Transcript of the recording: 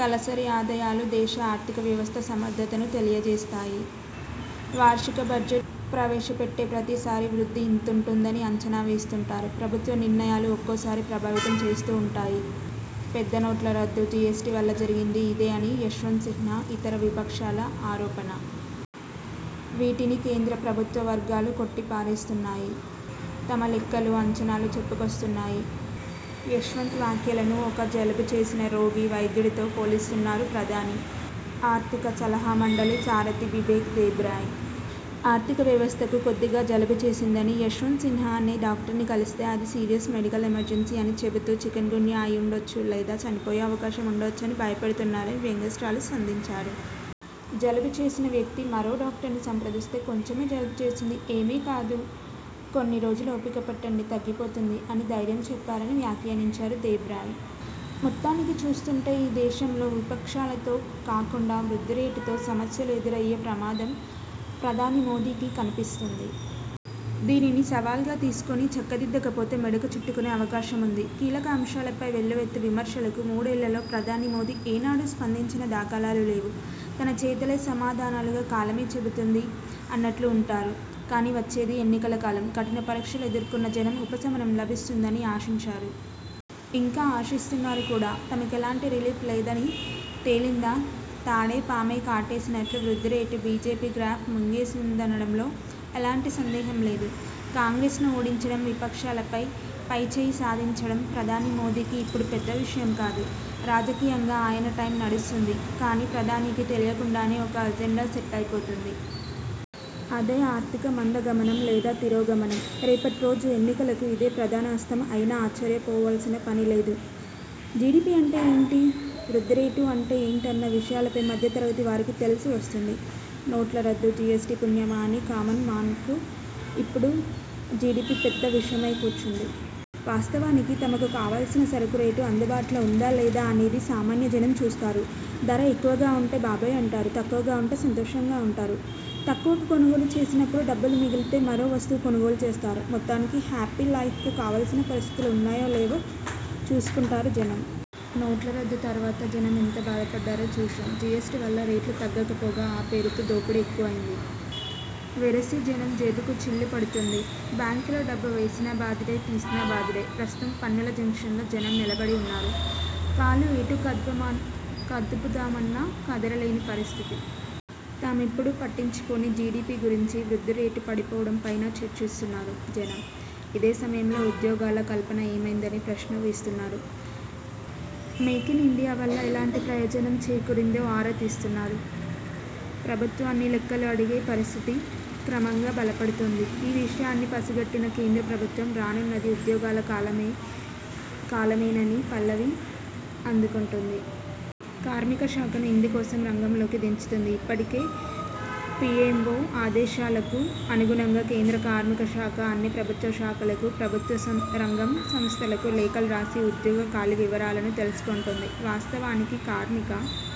తలసరి ఆదాయాలు దేశ ఆర్థిక వ్యవస్థ సమర్థతను తెలియజేస్తాయి. వార్షిక బడ్జెట్ ప్రవేశ పెట్టే ప్రతీసారి వృద్ధి ఇంతుంటుందని అంచనా వేస్తుంటారు. ప్రభుత్వ నిర్ణయాలు ఒక్కోసారి ప్రభావితం చేస్తూ ఉంటాయి. పెద్ద నోట్ల రద్దు, జీఎస్టీవల్ల జరిగింది ఇదే అని యశ్వంత్ సిన్హా, ఇతర విపక్షాల ఆరోపణ. వీటిని కేంద్ర ప్రభుత్వ వర్గాలు కొట్టిపారేస్తున్నాయి. తమ లెక్కలు, అంచనాలు చెప్పుకొస్తున్నాయి. యశ్వంత్ వ్యాఖ్యలను ఒక జలుబు చేసిన రోగి, వైద్యుడితో పోలుస్తున్నారు ప్రధాని ఆర్థిక సలహా మండలి సారథి బిబేక్ దేబ్రాయ్. ఆర్థిక వ్యవస్థకు కొద్దిగా జలుబు చేసిందని యశ్వంత్ సిన్హా అనే డాక్టర్ను కలిస్తే అది సీరియస్ మెడికల్ ఎమర్జెన్సీ అని చెబుతూ, చికెన్ గున్యా అయి ఉండొచ్చు లేదా చనిపోయే అవకాశం ఉండవచ్చని భయపెడుతున్నారని వ్యంగ్యాస్త్రాలు సంధించారు. జలుబు చేసిన వ్యక్తి మరో డాక్టర్ను సంప్రదిస్తే కొంచమే జలుబు చేసింది ఏమీ కాదు కొన్ని రోజులు ఓపిక పట్టండి, తగ్గిపోతుంది అని ధైర్యం చెప్పారని వ్యాఖ్యానించారు దేబ్రాయ్. మొత్తానికి చూస్తుంటే ఈ దేశంలో విపక్షాలతో కాకుండా వృద్ధి రేటుతో సమస్యలు ఎదురయ్యే ప్రమాదం ప్రధాని మోదీకి కనిపిస్తోంది. దీనిని సవాల్గా తీసుకుని చక్కదిద్దకపోతే మెడకు చుట్టుకునే అవకాశం ఉంది. కీలక అంశాలపై వెల్లువెత్తే విమర్శలకు మూడేళ్లలో ప్రధాని మోదీ ఏనాడు స్పందించిన దాఖలాలు లేవు. తన చేతలే సమాధానాలుగా కాలమే జవాబు చెబుతుంది అన్నట్లుగా ఉంటారు. కానీ వచ్చేది ఎన్నికల కాలం. కఠిన పరీక్షలు ఎదుర్కున్న జనం ఉపసమనం లభిస్తుందని ఆశించారు. ఇంకా ఆశిస్తున్నారు కూడా. తమకెలాంటి రిలీఫ్ లేదని తేలిందా తాడే పామై కాటేసినట్లు వృద్ధిరేటు బీజేపీ గ్రాఫ్ను మింగేసిందనడంలో ఎలాంటి సందేహం లేదు. కాంగ్రెస్ను ఓడించడం విపక్షాలపై పైచేయి సాధించడం ప్రధాని మోదీకి ఇప్పుడు పెద్ద విషయం కాదు. రాజకీయంగా ఆయన టైం నడుస్తోంది. కానీ ప్రధానికి తెలియకుండానే ఒక అజెండా సెట్ అయిపోతోంది. అదే ఆర్థిక మందగమనం లేదా తిరోగమనం. రేపటి రోజు ఎన్నిలకు ఇదే ప్రధాన అస్త్రం అయినా ఆశ్చర్యపోవాల్సిన పనిలేదు. జీడీపీ అంటే ఏంటి? వృద్ధి రేటు అంటే ఏంటన్న విషయాలపై మధ్య తరగతి వారికీ తెలిసి వస్తోంది. నోట్లరద్దు, జీఎస్టీ పుణ్యామా అని కామన్ మాన్కు ఇప్పుడు జీడీపీ పెద్ద విషయమై కూర్చుంది. వాస్తవానికి తమకు కావాల్సిన సరుకు రేటు అందుబాటులో ఉందా లేదా అనేది సామాన్య జనం చూస్తారు. ధర ఎక్కువగా ఉంటే బాబోయ్ అంటారు. తక్కువగా ఉంటే సంతోషంగా ఉంటారు. తక్కువకు కొనుగోలు చేసినప్పుడు డబ్బు మిగిలితే మరో వస్తువు కొనుగోలు చేస్తారు. మొత్తానికి హ్యాపీ లైఫ్కు కావాల్సిన పరిస్థితులు ఉన్నాయో లేవో చూసుకుంటారు జనం. నోట్ల రద్దు తరువాత జనం ఎంత బాధపడ్డారో చూశాం. జీఎస్టీ వల్ల రేట్లు తగ్గకపోగా ఆ పేరుతో దోపిడీ ఎక్కువైంది. వెరసి జనం జేబుకు చిల్లుపడుతోంది. బ్యాంకులో డబ్బు వేసినా బాదుడేతీసినా బాదుడే. ప్రస్తుతం పన్నుల జంక్షన్లో జనం నిలబడి ఉన్నారు. కాలు ఎటు కదుపామ కదుపుదామన్నా కదలలేని పరిస్థితి. తామెప్పుడూ పట్టించుకోని జీడీపీ గురించి వృద్ధి రేటు పడిపోవడం పైనా చర్చిస్తున్నారు జనం. ఇదే సమయంలో ఉద్యోగాల కల్పన ఏమైందనే ప్రశ్న వేస్తున్నారు. మేక్ ఇన్ ఇండియా వల్ల ఎలాంటి ప్రయోజనం చేకూరిందో ఆరా తీస్తున్నారు. ప్రభుత్వాన్ని లెక్కలు అడిగే పరిస్థితి క్రమంగా బలపడుతోంది. ఈ విషయాన్ని పసిగట్టిన కేంద్ర ప్రభుత్వం రానున్నది ఉద్యోగాల కాలమే కాలమేనానే పల్లవి అందుకుంటోంది. కార్మికశాఖను ఇందుకోసం రంగంలోకి దించుతోంది. ఇప్పటికే పీఎంవో ఆదేశాలకు అనుగుణంగా కేంద్ర కార్మికశాఖ అన్ని ప్రభుత్వ శాఖలకు ప్రభుత్వ రంగం సంస్థలకు లేఖలు రాసి ఉద్యోగ ఖాళీ వివరాలను తెలుసుకుంటోంది. వాస్తవానికి కార్మిక